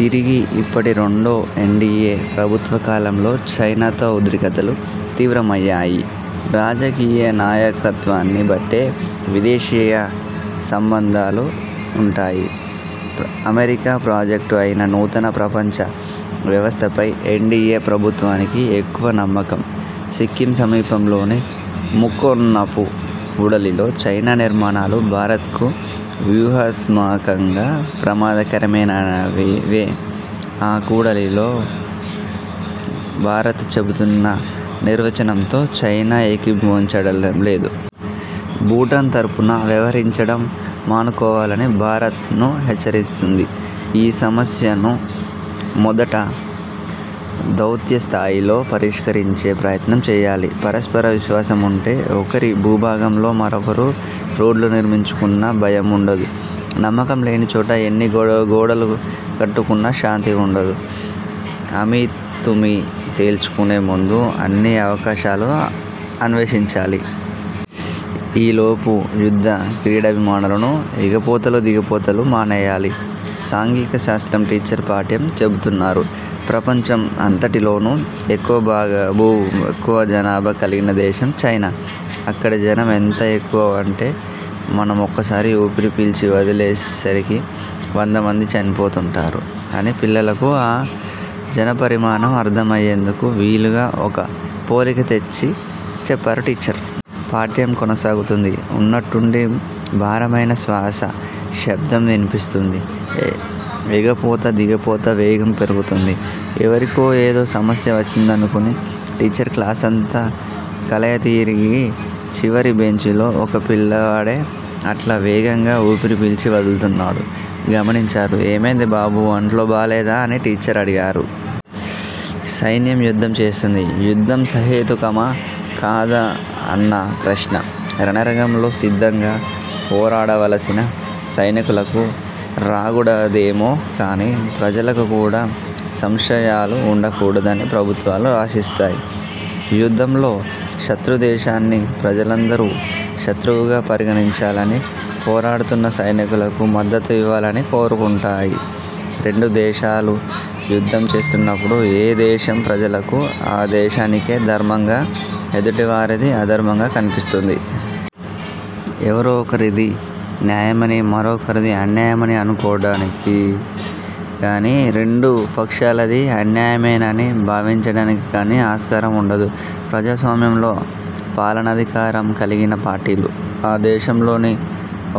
తిరిగి, ఇప్పటి రెండో ఎన్డీఏ ప్రభుత్వకాలంలో చైనాతో ఉద్రికతలు తీవ్రమయ్యాయి. రాజకీయనాయకత్వాన్ని బట్టే విదేశీయసంబంధాలు ఉంటాయి. అమెరికా ప్రాజెక్టు అయిన నూతన ప్రపంచ వ్యవస్థపై ఎన్డీఏ ప్రభుత్వానికి ఎక్కువ నమ్మకం. సిక్కిం సమీపంలోని ముక్కోణపు కూడలిలో చైనా నిర్మాణాలు భారతకు వ్యూహాత్మకంగా ప్రమాదకరమైనవే. ఆ కూడలో భారత చెబుతున్న నిర్వచనంతో చైనా ఏకీభవించడంలేదు. భూటాన్ తరఫున వ్యవహరించడం మానుకోవాలని భారతను హెచ్చరిస్తుంది. ఈ సమస్యను మొదట దౌత్యస్థాయిలో పరిష్కరించే ప్రయత్నం చేయాలి. పరస్పర విశ్వాసం ఉంటే, ఒకరి భూభాగంలో మరొకరు రోడ్లు నిర్మించుకున్నా భయం ఉండదు. నమ్మకం లేని చోట, ఎన్ని గోడలు కట్టుకున్నా శాంతి ఉండదు. అమీతుమీ తేల్చుకునే ముందు, అన్ని అవకాశాలు అన్వేషించాలి. ఈ లోపు, యుద్ధ క్రీడాభిమానులను ఎగపోతలు, దిగపోతలు మానేయాలి. సాంఘిక శాస్త్రం టీచర్ పాఠ్యం చెబుతున్నారు. ప్రపంచం అంతటిలోనూ ఎక్కువ జనాభా కలిగిన దేశం చైనా. అక్కడ జనం ఎంత ఎక్కువ అంటే, మనం ఒకసారి ఊపిరి పీల్చి వదిలేసరికి వంద మంది చనిపోతుంటారు- అని పిల్లలకు ఆ జనపరిమాణం అర్థం అయ్యేందుకు వీలుగా ఒక పోలిక తెచ్చి చెప్పారు టీచర్. పాఠ్యం కొనసాగుతోంది. ఉన్నట్టుండి భారమైన। శ్వాస శబ్దం వినిపిస్తోంది. ఎగపోత దిగపోత వేగం పెరుగుతుంది. ఎవరికో ఏదో సమస్య వచ్చిందనుకుని టీచర్ క్లాస్ అంతా కలయతిరిగి, చివరి బెంచిలో ఒక పిల్లవాడే అట్లా వేగంగా ఊపిరి పీల్చి వదులుతున్నాడు గమనించారు. ''ఏమైంది బాబూ, వంట్లో బాగాలేదా''-– అని టీచర్ అడిగారు. సైన్యం యుద్ధం చేస్తుంది. యుద్ధం సహేతుకమా కాదా అన్న ప్రశ్న– రణరంగంలో స్థిరంగా పోరాడవలసిన సైనికులకు రాగూడదేమో కానీ, ప్రజలకు కూడా సంశయాలు ఉండకూడదని ప్రభుత్వాలు ఆశిస్తాయి. యుద్ధంలో శత్రుదేశాన్ని ప్రజలందరూ శత్రువుగా పరిగణించాలని, పోరాడుతున్న సైనికులకు మద్దతుఇవ్వాలని కోరుకుంటాయి. రెండుదేశాలు యుద్ధం చేస్తున్నప్పుడు, ఏ దేశం ప్రజలకు ఆ దేశానికే ధర్మంగా, ఎదుటివారిది అధర్మంగా కనిపిస్తుంది. ఎవరో ఒకరిది న్యాయమని, మరొకరిది అన్యాయమని అనుకోవడానికి గాని, రెండు పక్షాలదీ అన్యాయమేనని భావించడానికి కానీ ఆస్కారం ఉండదు. ప్రజాస్వామ్యంలో పాలనాధికారం కలిగిన పార్టీలు, ఆ దేశంలోని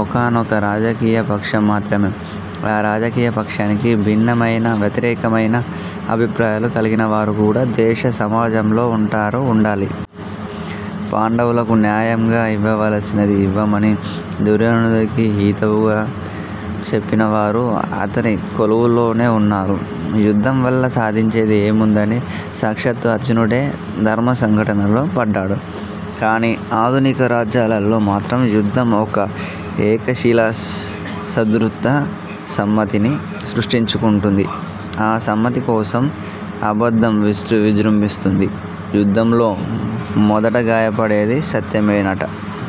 ఒకానొక రాజకీయపక్షం మాత్రమే. ఆ రాజకీయపక్షానికి భిన్నమయిన, వ్యతిరేకమయిన అభిప్రాయాలు కలిగినవారు కూడా దేశసమాజంలో ఉంటారు, ఉండాలి. పాండవులకు న్యాయంగా ఇవ్వవలసినది ఇవ్వమని దుర్యోనుడికి హితువుగా చెప్పినవారు అతని కొలువులోనే ఉన్నారు. యుద్ధం వల్ల సాధించేది ఏముందని సాక్షాత్తూ అర్జునుడే ధర్మసంకటనలో పడ్డాడు. కానీ, ఆధునిక రాజ్యాలలో మాత్రం యుద్ధం ఒక ఏకశిలాసదృత సమ్మతిని సృష్టించుకుంటుంది. ఆ సమ్మతికోసం అబద్ధంవిజృంభిస్తుం ది. యుద్ధంలో మొదటగాయపడేది సత్యమేనట.